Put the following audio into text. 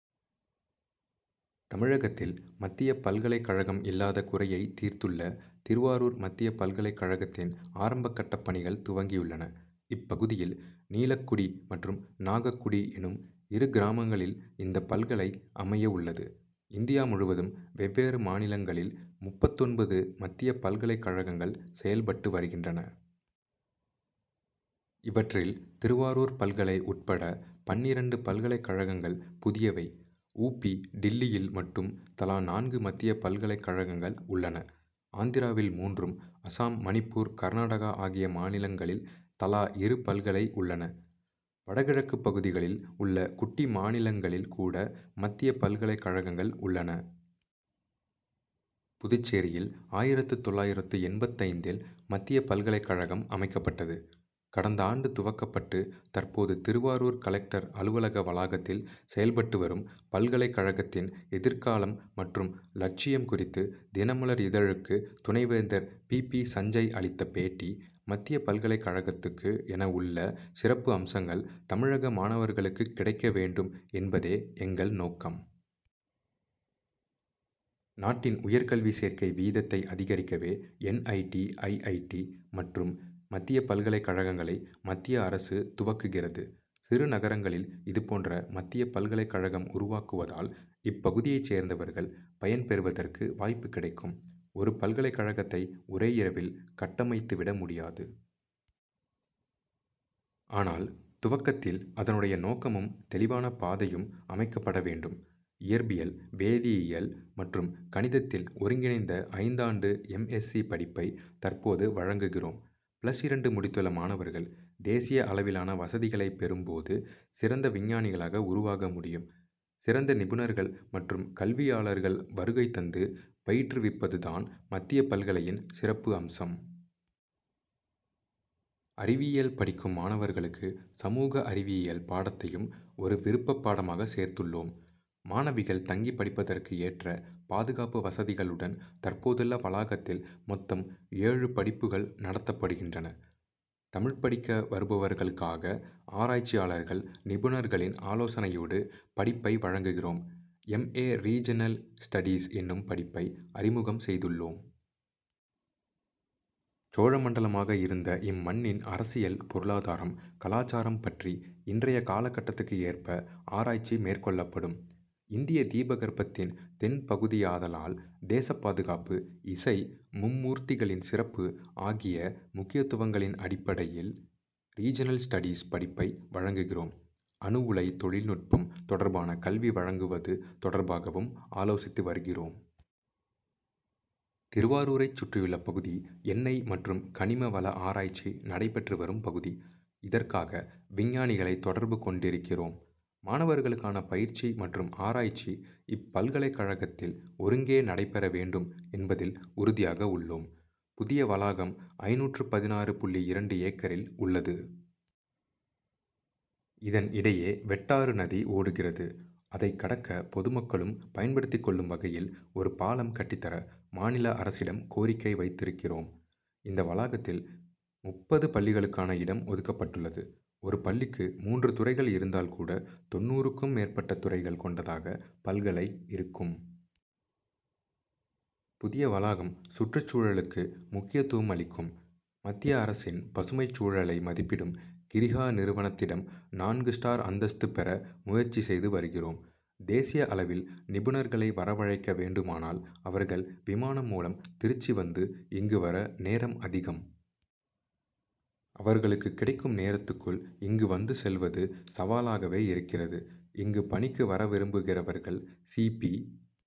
தமிழகத்தில் மத்திய பல்கலைக்கழகம் இல்லாத குறையை தீர்த்துள்ள திருவாரூர் மத்திய பல்கலைக்கழகத்தின் ஆரம்ப கட்டப் பணிகள் துவங்கியுள்ளன. இப்பகுதியில் நீலக்குடி மற்றும் நாகக்குடி எனும் இரு கிராமங்களில் இந்த பல்கலை அமைய உள்ளது. இந்தியா முழுவதும் வெவ்வேறு மாநிலங்களில் முப்பத்தொன்பது மத்திய பல்கலைக்கழகங்கள் செயல்பட்டு வருகின்றன. இவற்றில் திருவாரூர் பல்கலை உள்பட பன்னிரண்டு பல்கலைக்கழகங்கள் புதியவை. உ. பி. டில்லியில் மட்டும் தலா நான்கு மத்திய பல்கலைக்கழகங்கள் உள்ளன. ஆந்திராவில் மூன்றும் அசாம் மணிப்பூர் கர்நாடகா ஆகிய மாநிலங்களில் தலா இரு பல்கலை உள்ளன. வடகிழக்குப் பகுதிகளில் உள்ள குட்டி மாநிலங்களில் கூட மத்திய பல்கலைக்கழகங்கள் உள்ளன. புதுச்சேரியில் ஆயிரத்து தொள்ளாயிரத்து எண்பத்தைந்தில் மத்திய பல்கலைக்கழகம் அமைக்கப்பட்டது. கடந்த ஆண்டு துவக்கப்பட்டு தற்போது திருவாரூர் கலெக்டர் அலுவலக வளாகத்தில் செயல்பட்டு வரும் பல்கலைக்கழகத்தின் எதிர்காலம் மற்றும் லட்சியம் குறித்து தினமலர் இதழுக்கு துணைவேந்தர் பி. பி. சஞ்சய் அளித்த பேட்டி மத்தியப் பல்கலைக்கழகத்துக்கு என உள்ள சிறப்பு அம்சங்கள் தமிழக மாணவர்களுக்குக் கிடைக்க வேண்டும் என்பதே எங்கள் நோக்கம். நாட்டின் உயர்கல்வி சேர்க்கை வீதத்தை அதிகரிக்கவே N. I. T. I. I. T. மற்றும் மத்தியப் பல்கலைக்கழகங்களை மத்திய அரசு துவக்குகிறது. சிறு நகரங்களில் இதுபோன்ற மத்தியப் பல்கலைக்கழகம் உருவாக்குவதால் இப்பகுதியைச் சேர்ந்தவர்கள் பயன் பெறுவதற்கு வாய்ப்பு கிடைக்கும். ஒரு பல்கலைக்கழகத்தை ஒரே இரவில் கட்டமைத்துவிட முடியாது. ஆனால் துவக்கத்தில் அதனுடைய நோக்கமும் தெளிவான பாதையும் அமைக்கப்பட வேண்டும். இயற்பியல் வேதியியல் மற்றும் கணிதத்தில் ஒருங்கிணைந்த ஐந்தாண்டு எம். எஸ்சி. படிப்பை தற்போது வழங்குகிறோம். பிளஸ் இரண்டு முடித்துள்ள மாணவர்கள் தேசிய அளவிலான வசதிகளை பெறும் போது சிறந்த விஞ்ஞானிகளாக உருவாக முடியும். சிறந்த நிபுணர்கள் மற்றும் கல்வியாளர்கள் வருகை தந்து பயிற்றுவிப்பதுதான் மத்திய பல்கலையின் சிறப்பு அம்சம். அறிவியல் படிக்கும் மாணவர்களுக்கு சமூக அறிவியல் பாடத்தையும் ஒரு விருப்பப் பாடமாக சேர்த்துள்ளோம். மாணவிகள் தங்கி படிப்பதற்கு ஏற்ற பாதுகாப்பு வசதிகளுடன் தற்போதுள்ள வளாகத்தில் மொத்தம் ஏழு படிப்புகள் நடத்தப்படுகின்றன. தமிழ்ப் படிக்க வருபவர்களுக்காக ஆராய்ச்சியாளர்கள் நிபுணர்களின் ஆலோசனையோடு படிப்பை வழங்குகிறோம். எம். ஏ. ரீஜினல் ஸ்டடீஸ் எனும் படிப்பை அறிமுகம் செய்துள்ளோம். சோழ மண்டலமாக இருந்த இம்மண்ணின் அரசியல் பொருளாதாரம் கலாசாரம் பற்றி இன்றைய காலகட்டத்துக்கு ஏற்ப ஆராய்ச்சி மேற்கொள்ளப்படும். இந்திய தீபகற்பத்தின் தென் பகுதியாதலால் தேசப் பாதுகாப்பு இசை மும் மூர்த்திகளின் சிறப்பு ஆகிய முக்கியத்துவங்களின் அடிப்படையில் ரீஜினல் ஸ்டடீஸ் படிப்பை வழங்குகிறோம். அணு உலை தொழில்நுட்பம் தொடர்பான கல்வி வழங்குவது தொடர்பாகவும் ஆலோசித்து வருகிறோம். திருவாரூரைச் சுற்றியுள்ள பகுதி எண்ணெய் மற்றும் கனிம வள ஆராய்ச்சி நடைபெற்று வரும் பகுதி. இதற்காக விஞ்ஞானிகளை தொடர்பு கொண்டிருக்கிறோம். மாணவர்களுக்கான பயிற்சி மற்றும் ஆராய்ச்சி இப்பல்கலைக்கழகத்தில் ஒருங்கே நடைபெற வேண்டும் என்பதில் உறுதியாக உள்ளோம். புதிய வளாகம் ஐநூற்று பதினாறு புள்ளி இரண்டு ஏக்கரில் உள்ளது. இதன் இடையே வெட்டாறு நதி ஓடுகிறது. அதைக்கடக்க பொதுமக்களும் பயன்படுத்திக் கொள்ளும் வகையில் ஒரு பாலம் கட்டித்தர மாநில அரசிடம் கோரிக்கை வைத்திருக்கிறோம். இந்த வளாகத்தில் முப்பது பள்ளிகளுக்கான இடம் ஒதுக்கப்பட்டுள்ளது. ஒரு பள்ளிக்கு மூன்று துறைகள் இருந்தால் கூட தொண்ணூறுக்கும் மேற்பட்ட துறைகள் கொண்டதாக பல்கலை இருக்கும். புதிய வளாகம் சுற்றுச்சூழலுக்கு முக்கியத்துவம் அளிக்கும். மத்திய அரசின் பசுமைச் சூழலை மதிப்பிடும் கிரிஹா நிறுவனத்திடம் நான்கு ஸ்டார் அந்தஸ்து பெற முயற்சி செய்து வருகிறோம். தேசிய அளவில் நிபுணர்களை வரவழைக்க வேண்டுமானால் அவர்கள் விமானம் மூலம் திருச்சி வந்து இங்கு வர நேரம் அதிகம். அவர்களுக்கு கிடைக்கும் நேரத்துக்குள் இங்கு வந்து செல்வது சவாலாகவே இருக்கிறது. இங்கு பணிக்கு வரவிரும்புகிறவர்கள் சி. பி.